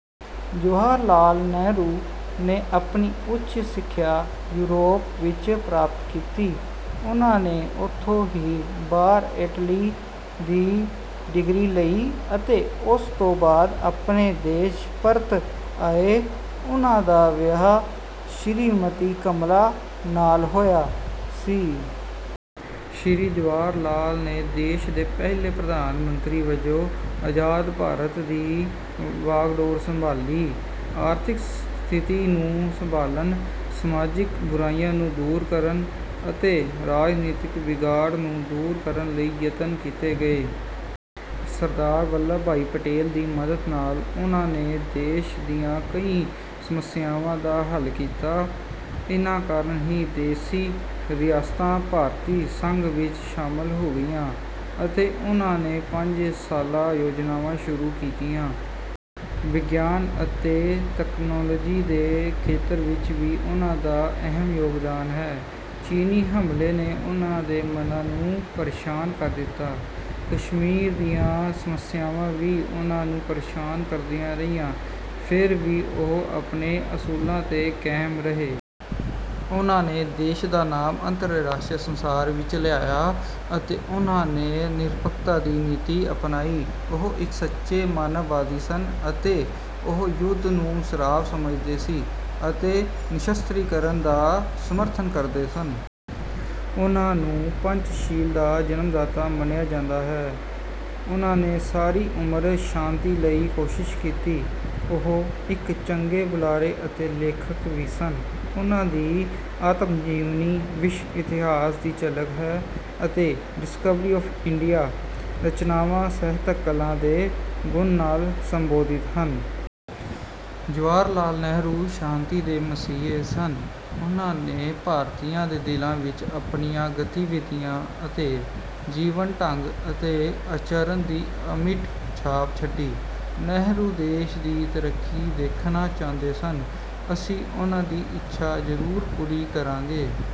ਜਵਾਹਰ ਲਾਲ ਨਹਿਰੂ ਨੇ ਆਪਣੀ ਉੱਚ ਸਿੱਖਿਆ ਯੂਰਪ ਵਿੱਚ ਪ੍ਰਾਪਤ ਕੀਤੀ। ਉਹਨਾਂ ਨੇ ਉਥੋਂ ਹੀ ਬਾਰ. ਏਟ. ਲੀ ਦੀ ਡਿਗਰੀ ਲਈ ਅਤੇ ਉਸ ਤੋਂ ਬਾਅਦ ਆਪਣੇ ਦੇਸ਼ ਪਰਤ ਆਏ। ਉਹਨਾਂ ਦਾ ਵਿਆਹ ਸ਼੍ਰੀਮਤੀ ਕਮਲਾ ਨਾਲ ਹੋਇਆ ਸੀ। ਸ਼੍ਰੀ ਜਵਾਹਰ ਲਾਲ ਨੇ ਦੇਸ਼ ਦੇ ਪਹਿਲੇ ਪ੍ਰਧਾਨ ਮੰਤਰੀ ਵਜੋਂ ਆਜ਼ਾਦ ਭਾਰਤ ਦੀ ਵਾਗਡੋਰ ਸੰਭਾਲੀ। ਆਰਥਿਕ ਸਥਿਤੀ ਨੂੰ ਸੰਭਾਲਣ, ਸਮਾਜਿਕ ਬੁਰਾਈਆਂ ਨੂੰ ਦੂਰ ਕਰਨ ਅਤੇ ਰਾਜਨੀਤਿਕ ਵਿਗਾੜ ਨੂੰ ਦੂਰ ਕਰਨ ਲਈ ਯਤਨ ਕੀਤੇ ਗਏ। ਸਰਦਾਰ ਵੱਲਭ ਭਾਈ ਪਟੇਲ ਦੀ ਮਦਦ ਨਾਲ ਉਨ੍ਹਾਂ ਨੇ ਦੇਸ਼ ਦੀਆਂ ਕਈ ਸਮੱਸਿਆਵਾਂ ਦਾ ਹੱਲ ਕੀਤਾ। ਇਨ੍ਹਾਂ ਕਾਰਨ ਹੀ ਦੇਸੀ ਰਿਆਸਤਾਂ ਭਾਰਤੀ ਸੰਘ ਵਿੱਚ ਸ਼ਾਮਲ ਹੋ ਗਈਆਂ। ਅਤੇ ਉਹਨਾਂ ਨੇ ਪੰਜ ਸਾਲਾ ਯੋਜਨਾਵਾਂ ਸ਼ੁਰੂ ਕੀਤੀਆਂ। ਵਿਗਿਆਨ ਅਤੇ ਤਕਨਾਲੋਜੀ ਦੇ ਖੇਤਰ ਵਿੱਚ ਵੀ ਉਨ੍ਹਾਂ ਦਾ ਅਹਿਮ ਯੋਗਦਾਨ ਹੈ। ਚੀਨੀ ਹਮਲੇ ਨੇ ਉਨ੍ਹਾਂ ਦੇ ਮਨਾਂ ਨੂੰ ਪਰੇਸ਼ਾਨ ਕਰ ਦਿੱਤਾ। ਕਸ਼ਮੀਰ ਦੀਆਂ ਸਮੱਸਿਆਵਾਂ ਵੀ ਉਹਨਾਂ ਨੂੰ ਪ੍ਰੇਸ਼ਾਨ ਕਰਦੀਆਂ ਰਹੀਆਂ। ਫਿਰ ਵੀ ਉਹ ਆਪਣੇ ਅਸੂਲਾਂ 'ਤੇ ਕਾਇਮ ਰਹੇ। ਉਹਨਾਂ ਨੇ ਦੇਸ਼ ਦਾ ਨਾਮ ਅੰਤਰਰਾਸ਼ਟਰੀ ਸੰਸਾਰ ਵਿੱਚ ਲਿਆਇਆ। ਅਤੇ ਉਹਨਾਂ ਨੇ ਨਿਰਪੱਖਤਾ ਦੀ ਨੀਤੀ ਅਪਣਾਈ। ਉਹ ਇੱਕ ਸੱਚੇ ਮਾਨਵਵਾਦੀ ਸਨ ਅਤੇ ਉਹ ਯੁੱਧ ਨੂੰ ਸਰਾਪ ਸਮਝਦੇ ਸੀ ਅਤੇ ਨਿਸ਼ਸਤਰੀਕਰਨ ਦਾ ਸਮਰਥਨ ਕਰਦੇ ਸਨ। ਉਹਨਾਂ ਨੂੰ ਪੰਚਸ਼ੀਲ ਦਾ ਜਨਮਦਾਤਾ ਮੰਨਿਆ ਜਾਂਦਾ ਹੈ। ਉਹਨਾਂ ਨੇ ਸਾਰੀ ਉਮਰ ਸ਼ਾਂਤੀ ਲਈ ਕੋਸ਼ਿਸ਼ ਕੀਤੀ। ਉਹ ਇੱਕ ਚੰਗੇ ਬੁਲਾਰੇ ਅਤੇ ਲੇਖਕ ਵੀ ਸਨ। ਉਹਨਾਂ ਦੀ 'ਆਤਮਜੀਵਨੀ' ਵਿਸ਼ਵ ਇਤਿਹਾਸ ਦੀ ਝਲਕ ਹੈ ਅਤੇ 'ਡਿਸਕਵਰੀ ਆਫ਼ ਇੰਡੀਆ' ਰਚਨਾਵਾਂ ਸਾਹਿਤਕ ਕਲਾ ਦੇ ਗੁਣਾਂ ਨਾਲ ਸੁਸ਼ੋਭਿਤ ਹਨ। ਜਵਾਹਰ ਲਾਲ ਨਹਿਰੂ ਸ਼ਾਂਤੀ ਦੇ ਮਸੀਹਾ ਸਨ। ਉਹਨਾਂ ਨੇ ਭਾਰਤੀਆਂ ਦੇ ਦਿਲਾਂ ਵਿੱਚ ਆਪਣੀਆਂ ਗਤੀਵਿਧੀਆਂ ਅਤੇ ਜੀਵਨ ਢੰਗ ਅਤੇ ਆਚਰਣ ਦੀ ਅਮਿੱਟ ਛਾਪ ਛੱਡੀ। ਨਹਿਰੂ ਦੇਸ਼ ਦੀ ਤਰੱਕੀ ਦੇਖਣਾ ਚਾਹੁੰਦੇ ਸਨ। ਅਸੀਂ ਉਨ੍ਹਾਂ ਦੀ ਇੱਛਾ ਜ਼ਰੂਰ ਪੂਰੀ ਕਰਾਂਗੇ।